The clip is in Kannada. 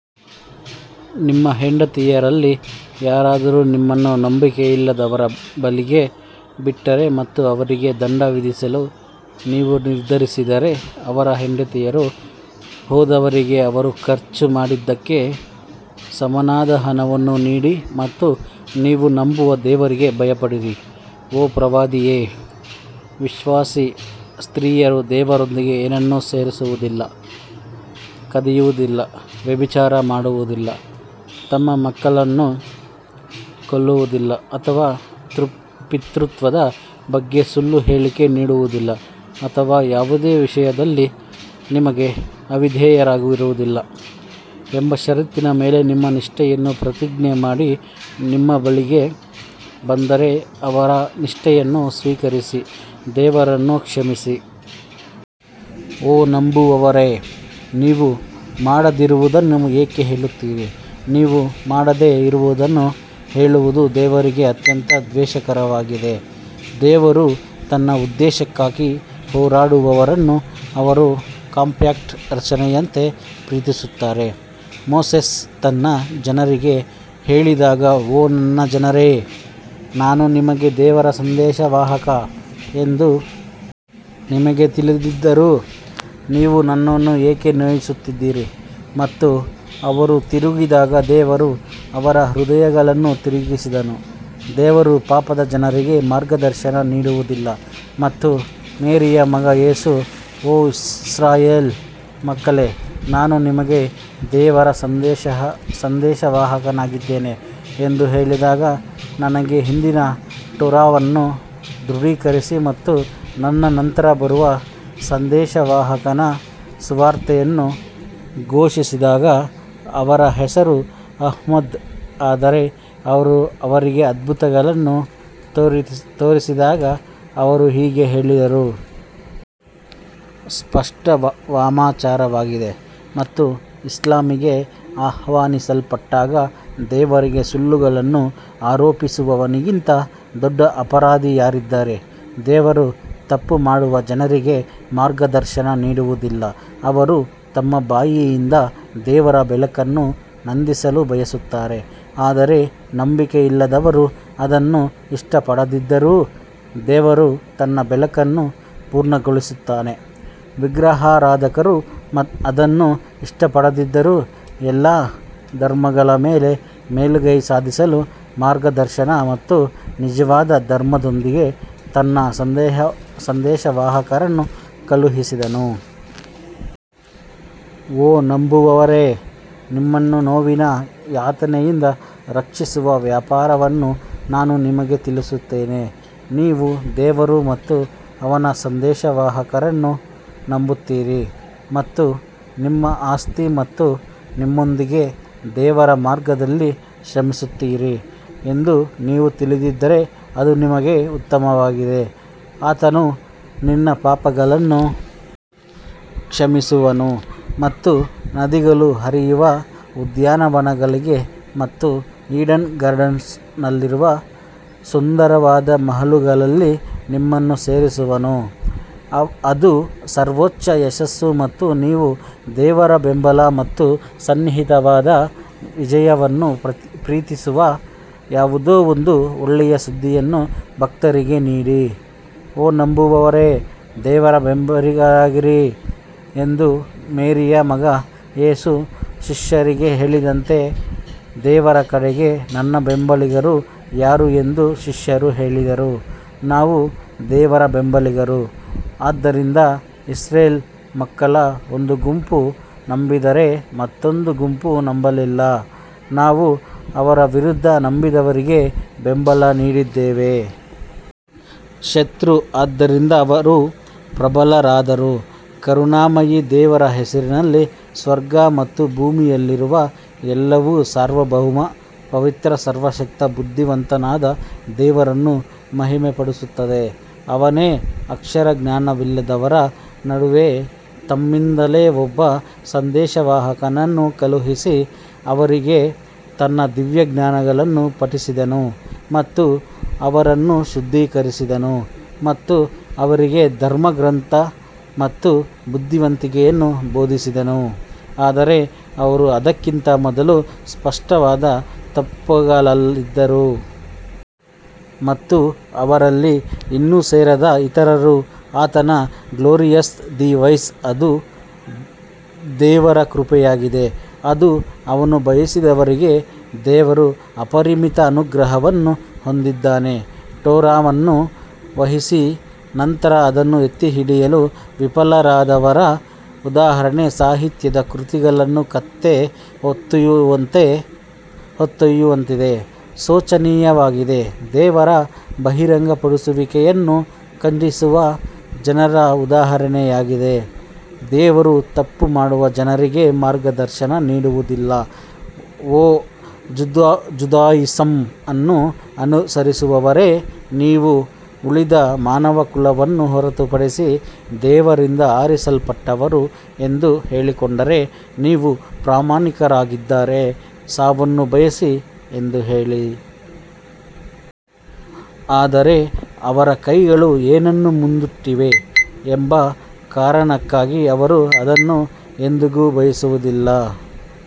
ನಿಮ್ಮ ಹೆಂಡತಿಯರಲ್ಲಿ ಯಾರಾದರೂ ನಿಮ್ಮನ್ನು ನಂಬಿಕೆಯಿಲ್ಲದವರ ಬಳಿಗೆ ಬಿಟ್ಟರೆ ಮತ್ತು ಅವರಿಗೆ ದಂಡ ವಿಧಿಸಲು ನೀವು ನಿರ್ಧರಿಸಿದರೆ ಅವರ ಹೆಂಡತಿಯರು ಹೋದವರಿಗೆ ಅವರು ಖರ್ಚು ಮಾಡಿದ್ದಕ್ಕೆ ಸಮನಾದ ಹಣವನ್ನು ನೀಡಿ ಮತ್ತು ನೀವು ನಂಬುವ ದೇವರಿಗೆ ಭಯಪಡಿರಿ. ಓ ಪ್ರವಾದಿಯೇ, ವಿಶ್ವಾಸಿ ಸ್ತ್ರೀಯರು ದೇವರೊಂದಿಗೆ ಏನನ್ನೂ ಸೇರಿಸುವುದಿಲ್ಲ, ಕದಿಯುವುದಿಲ್ಲ, ವ್ಯಭಿಚಾರ ಮಾಡುವುದಿಲ್ಲ, ತಮ್ಮ ಮಕ್ಕಳನ್ನು ಕೊಲ್ಲುವುದಿಲ್ಲ ಅಥವಾ ಪಿತೃತ್ವದ ಬಗ್ಗೆ ಸುಳ್ಳು ಹೇಳಿಕೆ ನೀಡುವುದಿಲ್ಲ ಅಥವಾ ಯಾವುದೇ ವಿಷಯದಲ್ಲಿ ನಿಮಗೆ ಅವಿಧೇಯರಾಗುವುದಿಲ್ಲ ಎಂಬ ಷರತ್ತಿನ ಮೇಲೆ ನಿಮ್ಮ ನಿಷ್ಠೆಯನ್ನು ಪ್ರತಿಜ್ಞೆ ಮಾಡಿ ನಿಮ್ಮ ಬಳಿಗೆ ಬಂದರೆ ಅವರ ನಿಷ್ಠೆಯನ್ನು ಸ್ವೀಕರಿಸಿ ದೇವರನ್ನು ಕ್ಷಮಿಸಿ. ಓ ನಂಬುವವರೇ, ನೀವು ಮಾಡದಿರುವುದನ್ನು ಏಕೆ ಹೇಳುತ್ತೀರಿ ನೀವು ಮಾಡದೇ ಇರುವುದನ್ನು ಹೇಳುವುದು ದೇವರಿಗೆ ಅತ್ಯಂತ ದ್ವೇಷಕರವಾಗಿದೆ ದೇವರು ತನ್ನ ಉದ್ದೇಶಕ್ಕಾಗಿ ಹೋರಾಡುವವರನ್ನು ಅವರು ಕಾಂಪ್ಯಾಕ್ಟ್ ರಚನೆಯಂತೆ ಪ್ರೀತಿಸುತ್ತಾರೆ ಮೋಸೆಸ್ ತನ್ನ ಜನರಿಗೆ ಹೇಳಿದಾಗ ಓ ನನ್ನ ಜನರೇ ನಾನು ನಿಮಗೆ ದೇವರ ಸಂದೇಶವಾಹಕ ಎಂದು ನಿಮಗೆ ತಿಳಿದಿದ್ದರೂ ನೀವು ನನ್ನನ್ನು ಏಕೆ ನೋಯಿಸುತ್ತಿದ್ದೀರಿ ಮತ್ತು ಅವರು ತಿರುಗಿದಾಗ ದೇವರು ಅವರ ಹೃದಯಗಳನ್ನು ತಿರುಗಿಸಿದನು ದೇವರು ಪಾಪದ ಜನರಿಗೆ ಮಾರ್ಗದರ್ಶನ ನೀಡುವುದಿಲ್ಲ ಮತ್ತು ಮೇರಿಯ ಮಗ ಯೇಸು, ಓ ಇಸ್ರಾಯೇಲ್ ಮಕ್ಕಳೇ ನಾನು ನಿಮಗೆ ದೇವರ ಸಂದೇಶವಾಹಕನಾಗಿದ್ದೇನೆ ಎಂದು ಹೇಳಿದಾಗ, ನನಗೆ ಹಿಂದಿನ ಟೋರಾವನ್ನು ದೃಢೀಕರಿಸಿ ಮತ್ತು ನನ್ನ ನಂತರ ಬರುವ ಸಂದೇಶವಾಹಕನ ಸುವಾರ್ತೆಯನ್ನು ಘೋಷಿಸಿದಾಗ ಅವರ ಹೆಸರು ಅಹ್ಮದ್ ಆದರೆ ಅವರು ಅವರಿಗೆ ಅದ್ಭುತಗಳನ್ನು ತೋರಿಸಿದಾಗ ಅವರು ಹೀಗೆ ಹೇಳಿದರು. ಸ್ಪಷ್ಟ ವಾಮಾಚಾರವಾಗಿದೆ ಮತ್ತು ಇಸ್ಲಾಮಿಗೆ ಆಹ್ವಾನಿಸಲ್ಪಟ್ಟಾಗ ದೇವರಿಗೆ ಸುಳ್ಳುಗಳನ್ನು ಆರೋಪಿಸುವವನಿಗಿಂತ ದೊಡ್ಡ ಅಪರಾಧಿ ಯಾರಿದ್ದಾರೆ, ದೇವರು ತಪ್ಪು ಮಾಡುವ ಜನರಿಗೆ ಮಾರ್ಗದರ್ಶನ ನೀಡುವುದಿಲ್ಲ ಅವರು ತಮ್ಮ ಬಾಯಿಯಿಂದ ದೇವರ ಬೆಳಕನ್ನು ನಂದಿಸಲು ಬಯಸುತ್ತಾರೆ ಆದರೆ ನಂಬಿಕೆಯಿಲ್ಲದವರು ಅದನ್ನು ಇಷ್ಟಪಡದಿದ್ದರೂ ದೇವರು ತನ್ನ ಬೆಳಕನ್ನು ಪೂರ್ಣಗೊಳಿಸುತ್ತಾನೆ ವಿಗ್ರಹಾರಾಧಕರು ಅದನ್ನು ಇಷ್ಟಪಡದಿದ್ದರೂ ಎಲ್ಲಾ ಧರ್ಮಗಳ ಮೇಲೆ ಮೇಲುಗೈ ಸಾಧಿಸಲು ಮಾರ್ಗದರ್ಶನ ಮತ್ತು ನಿಜವಾದ ಧರ್ಮದೊಂದಿಗೆ ತನ್ನ ಸಂದೇಶವಾಹಕರನ್ನು ಕಳುಹಿಸಿದನು. ಓ ನಂಬುವವರೇ, ನಿಮ್ಮನ್ನು ನೋವಿನ ಯಾತನೆಯಿಂದ ರಕ್ಷಿಸುವ ವ್ಯಾಪಾರವನ್ನು ನಾನು ನಿಮಗೆ ತಿಳಿಸುತ್ತೇನೆ ನೀವು ದೇವರು ಮತ್ತು ಅವನ ಸಂದೇಶವಾಹಕರನ್ನು ನಂಬುತ್ತೀರಿ ಮತ್ತು ನಿಮ್ಮ ಆಸ್ತಿ ಮತ್ತು ನಿಮ್ಮೊಂದಿಗೆ ದೇವರ ಮಾರ್ಗದಲ್ಲಿ ಶ್ರಮಿಸುತ್ತೀರಿ ಎಂದು ನೀವು ತಿಳಿದಿದ್ದರೆ ಅದು ನಿಮಗೆ ಉತ್ತಮವಾಗಿದೆ. ಆತನು ನಿನ್ನ ಪಾಪಗಳನ್ನು ಕ್ಷಮಿಸುವನು ಮತ್ತು ನದಿಗಳು ಹರಿಯುವ ಉದ್ಯಾನವನಗಳಿಗೆ ಮತ್ತು ಈಡನ್ ಗಾರ್ಡನ್ಸ್ನಲ್ಲಿರುವ ಸುಂದರವಾದ ಮಹಲುಗಳಲ್ಲಿ ನಿಮ್ಮನ್ನು ಸೇರಿಸುವನು ಅದು ಸರ್ವೋಚ್ಚ ಯಶಸ್ಸು ಮತ್ತು ನೀವು ದೇವರ ಬೆಂಬಲ ಮತ್ತು ಸನ್ನಿಹಿತವಾದ ವಿಜಯವನ್ನು ಪ್ರೀತಿಸುವ ಯಾವುದೋ ಒಂದು ಒಳ್ಳೆಯ ಸುದ್ದಿಯನ್ನು ಭಕ್ತರಿಗೆ ನೀಡಿ ಓ ನಂಬುವವರೇ ದೇವರ ಬೆಂಬಲಿಗರಾಗಿರಿ ಎಂದು ಮೇರಿಯ ಮಗ ಯೇಸು ಶಿಷ್ಯರಿಗೆ ಹೇಳಿದಂತೆ ದೇವರ ಕಡೆಗೆ ನನ್ನ ಬೆಂಬಲಿಗರು ಯಾರು ಎಂದು ಶಿಷ್ಯರು ಹೇಳಿದರು ನಾವು ದೇವರ ಬೆಂಬಲಿಗರು ಆದ್ದರಿಂದ ಇಸ್ರೇಲ್ ಮಕ್ಕಳ ಒಂದು ಗುಂಪು ನಂಬಿದರೆ ಮತ್ತೊಂದು ಗುಂಪು ನಂಬಲಿಲ್ಲ ನಾವು ಅವರ ವಿರುದ್ಧ ನಂಬಿದವರಿಗೆ ಬೆಂಬಲ ನೀಡಿದ್ದೇವೆ. ಶತ್ರು ಆದ್ದರಿಂದ ಅವರು ಪ್ರಬಲರಾದರು ಕರುಣಾಮಯಿ ದೇವರ ಹೆಸರಿನಲ್ಲಿ ಸ್ವರ್ಗ ಮತ್ತು ಭೂಮಿಯಲ್ಲಿರುವ ಎಲ್ಲವೂ ಸಾರ್ವಭೌಮ, ಪವಿತ್ರ ಸರ್ವಶಕ್ತ ಬುದ್ಧಿವಂತನಾದ ದೇವರನ್ನು ಮಹಿಮೆಪಡಿಸುತ್ತದೆ ಅವನೇ ಅಕ್ಷರ ಜ್ಞಾನವಿಲ್ಲದವರ ನಡುವೆ ತಮ್ಮಿಂದಲೇ ಒಬ್ಬ ಸಂದೇಶವಾಹಕನನ್ನು ಕಳುಹಿಸಿ, ಅವರಿಗೆ ತನ್ನ ದಿವ್ಯಜ್ಞಾನಗಳನ್ನು ಪಠಿಸಿದನು ಮತ್ತು ಅವರನ್ನು ಶುದ್ಧೀಕರಿಸಿದನು ಮತ್ತು ಅವರಿಗೆ ಧರ್ಮಗ್ರಂಥ ಮತ್ತು ಬುದ್ಧಿವಂತಿಕೆಯನ್ನು ಬೋಧಿಸಿದನು, ಆದರೆ ಅವರು ಅದಕ್ಕಿಂತ ಮೊದಲು ಸ್ಪಷ್ಟವಾದ ತಪ್ಪುಗಳಲ್ಲಿದ್ದರು. ಮತ್ತು ಅವರಲ್ಲಿ ಇನ್ನೂ ಸೇರದ ಇತರರು ಆತನು ಗ್ಲೋರಿಯಸ್ ದಿ ವೈಸ್ ಅದು ದೇವರ ಕೃಪೆಯಾಗಿದೆ, ಅದು ಅವನು ಬಯಸಿದವರಿಗೆ ದೇವರು ಅಪರಿಮಿತ ಅನುಗ್ರಹವನ್ನು ಹೊಂದಿದ್ದಾನೆ ಟೋರಾವನ್ನು ವಹಿಸಿ ನಂತರ ಅದನ್ನು ಎತ್ತಿಹಿಡಿಯಲು ವಿಫಲರಾದವರ ಉದಾಹರಣೆ ಸಾಹಿತ್ಯದ ಕೃತಿಗಳನ್ನು ಕತ್ತೆ ಹೊತ್ತೊಯ್ಯುವಂತಿದೆ ಶೋಚನೀಯವಾಗಿದೆ ದೇವರ ಬಹಿರಂಗಪಡಿಸುವಿಕೆಯನ್ನು ಖಂಡಿಸುವ ಜನರ ಉದಾಹರಣೆಯಾಗಿದೆ ದೇವರು ತಪ್ಪು ಮಾಡುವ ಜನರಿಗೆ ಮಾರ್ಗದರ್ಶನ ನೀಡುವುದಿಲ್ಲ ಓ ಜುದಾಯಿಸಂ ಅನ್ನು ಅನುಸರಿಸುವವರೇ, ನೀವು ಉಳಿದ ಮಾನವಕುಲವನ್ನು ಹೊರತುಪಡಿಸಿ ದೇವರಿಂದ ಆರಿಸಲ್ಪಟ್ಟವರು ಎಂದು ಹೇಳಿಕೊಂಡರೆ, ನೀವು ಪ್ರಾಮಾಣಿಕರಾಗಿದ್ದರೆ ಸಾವನ್ನು ಬಯಸಿ ಎಂದು ಹೇಳಿ. ಆದರೆ ಅವರ ಕೈಗಳು ಏನನ್ನು ಮುಂದಿಟ್ಟಿವೆ ಎಂಬ ಕಾರಣಕ್ಕಾಗಿ ಅವರು ಅದನ್ನು ಎಂದಿಗೂ ಬಯಸುವುದಿಲ್ಲ.